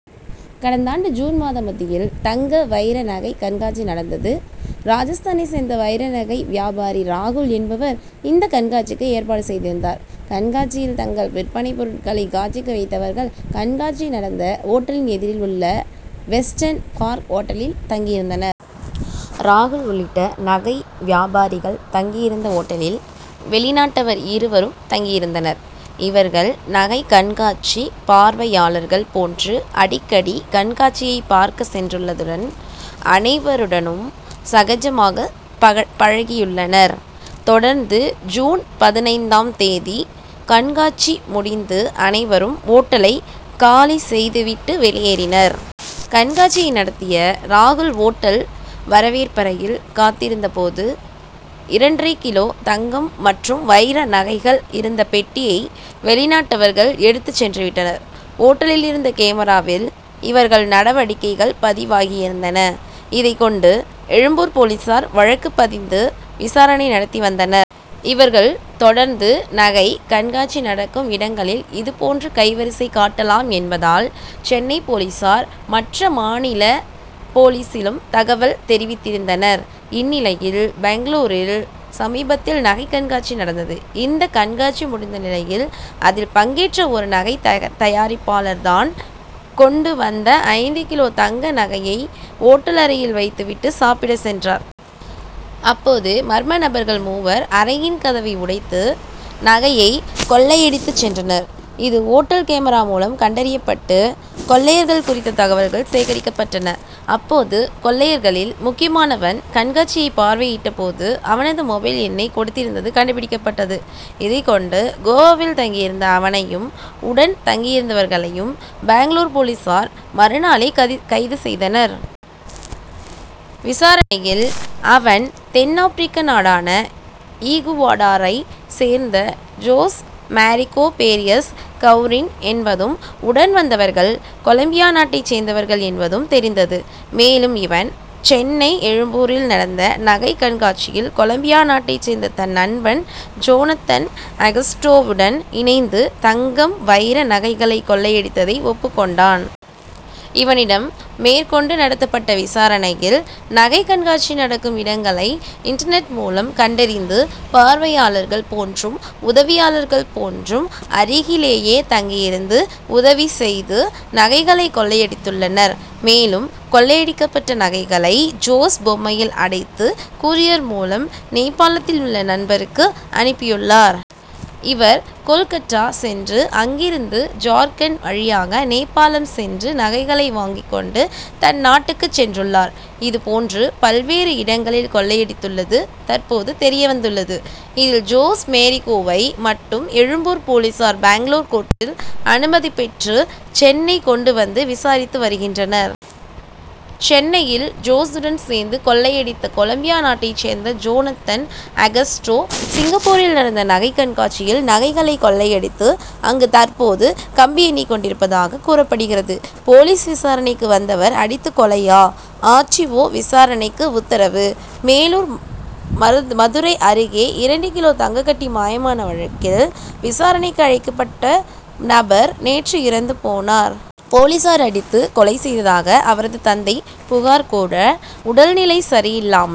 கடந்தாண்டு ஜூன் மாத மத்தியில் தங்க வைர நகை கண்காட்சி நடந்தது. ராஜஸ்தானைச் சேர்ந்த வைர நகை வியாபாரி ராகுல் என்பவர் இந்த கண்காட்சிக்கு ஏற்பாடு செய்திருந்தார். கண்காட்சியில் தங்கள் விற்பனை பொருட்களை காட்சிக்கு வைத்தவர்கள் கண்காட்சி நடந்த ஓட்டலின் எதிரில் உள்ள வெஸ்டர்ன் பார்க் ஓட்டலில் தங்கியிருந்தனர். ராகுல் உள்ளிட்ட நகை வியாபாரிகள் தங்கியிருந்த ஓட்டலில் வெளிநாட்டவர் இருவரும் தங்கியிருந்தனர். இவர்கள் நகை கண்காட்சி பார்வையாளர்கள் போன்று அடிக்கடி கண்காட்சியை பார்க்க சென்றுள்ளதுடன் அனைவருடனும் சகஜமாக பகட் பழகியுள்ளனர். தொடர்ந்து ஜூன் பதினைந்தாம் தேதி கண்காட்சி முடிந்து அனைவரும் ஓட்டலை காலி செய்து விட்டு வெளியேறினர். கண்காட்சியை நடத்திய ராகுல் ஓட்டல் வரவேற்பறையில் காத்திருந்த போது இரண்டரை கிலோ தங்கம் மற்றும் வைர நகைகள் இருந்த பெட்டியை வெளிநாட்டவர்கள் எடுத்துச் சென்று விட்டனர். ஓட்டலில் இருந்த கேமராவில் இவர்கள் நடவடிக்கைகள் பதிவாகியிருந்தன. இதைக் கொண்டு எழும்பூர் போலீசார் வழக்கு பதிந்து விசாரணை நடத்தி வந்தனர். இவர்கள் தொடர்ந்து நகை கண்காட்சி நடக்கும் இடங்களில் இதுபோன்று கைவரிசை காட்டலாம் என்பதால் சென்னை போலீசார் மற்ற மாநில போலீசிலும் தகவல் தெரிவித்திருந்தனர். இந்நிலையில் பெங்களூரில் சமீபத்தில் நகை கண்காட்சி நடந்தது. இந்த கண்காட்சி முடிந்த நிலையில் அதில் பங்கேற்ற ஒரு நகை தய தயாரிப்பாளர் தான் கொண்டு வந்த ஐந்து கிலோ தங்க நகையை ஓட்டல் அறையில் வைத்துவிட்டு சாப்பிடச் சென்றார். அப்போது மர்ம நபர்கள் மூவர் அறையின் கதவை உடைத்து நகையை கொள்ளையடித்துச் சென்றனர். இது ஓட்டல் கேமரா மூலம் கண்டறியப்பட்டு கொள்ளையர்கள் குறித்து தகவல்கள் சேகரிக்கப்பட்டன. அப்போது கொள்ளையர்களில் முக்கியமானவன் கண்காட்சியை பார்வையிட்ட போது அவனது மொபைல் எண்ணை கொடுத்திருந்தது கண்டுபிடிக்கப்பட்டது. இதை கொண்டு கோவாவில் தங்கியிருந்த அவனையும் உடன் தங்கியிருந்தவர்களையும் பேங்களூரு போலீசார் மறு நாளே கதிர் கைது செய்தனர். விசாரணையில் அவன் தென்அமெரிக்க நாடான ஈகுவடாரைச் சேர்ந்த ஜோஸ் மேரிகோ பேரியஸ் கவுரின் என்பதும் உடன் வந்தவர்கள் கொலம்பியா நாட்டைச் சேர்ந்தவர்கள் என்பதும் தெரிந்தது. மேலும் இவன் சென்னை எழும்பூரில் நடந்த நகை கண்காட்சியில் கொலம்பியா நாட்டைச் சேர்ந்த தன் நண்பன் ஜோனத்தன் அகஸ்டோவுடன் இணைந்து தங்கம் வைர நகைகளை கொள்ளையடித்ததை ஒப்புக் கொண்டான். இவனிடம் மேற்கொண்டு நடத்தப்பட்ட விசாரணையில் நகை கண்காட்சி நடக்கும் இடங்களை இன்டர்நெட் மூலம் கண்டறிந்து பார்வையாளர்கள் போன்றும் உதவியாளர்கள் போன்றும் அருகிலேயே தங்கியிருந்து உதவி செய்து நகைகளை கொள்ளையடித்துள்ளனர். மேலும் கொள்ளையடிக்கப்பட்ட நகைகளை ஜோஸ் பொம்மையில் அடைத்து கூரியர் மூலம் நேபாளத்தில் உள்ள நண்பருக்கு அனுப்பியுள்ளார். இவர் கோல்கட்டா சென்று அங்கிருந்து ஜார்க்கண்ட் வழியாக நேபாளம் சென்று நகைகளை வாங்கிக் கொண்டு தன் நாட்டுக்கு சென்றுள்ளார். இது போன்று பல்வேறு இடங்களில் கொள்ளையடித்துள்ளது தற்போது தெரியவந்துள்ளது. இதில் ஜோஸ் மேரிகோவை மட்டும் எழும்பூர் போலீசார் பெங்களூரு கோர்ட்டில் அனுமதி பெற்று சென்னை கொண்டு வந்து விசாரித்து வருகின்றனர். சென்னையில் ஜோசுடன் சேர்ந்து கொள்ளையடித்த கொலம்பியா நாட்டைச் சேர்ந்த ஜோனத்தன் அகஸ்டோ சிங்கப்பூரில் நடந்த நகை கண்காட்சியில் நகைகளை கொள்ளையடித்து அங்கு தற்போது கம்பி எண்ணிக் கொண்டிருப்பதாக கூறப்படுகிறது. போலீஸ் விசாரணைக்கு வந்தவர் அடித்து கொலையா ஆர். டி. ஓ. விசாரணைக்கு உத்தரவு மேலூர் மதுரை அருகே இரண்டு கிலோ தங்க கட்டி மாயமான வழக்கில் விசாரணைக்கு அழைக்கப்பட்ட நபர் நேற்று இறந்து போனார். போலீசார் அடித்து கொலை செய்ததாக அவரது தந்தை புகார் கூற உடல் நிலை சரியில்லாமல்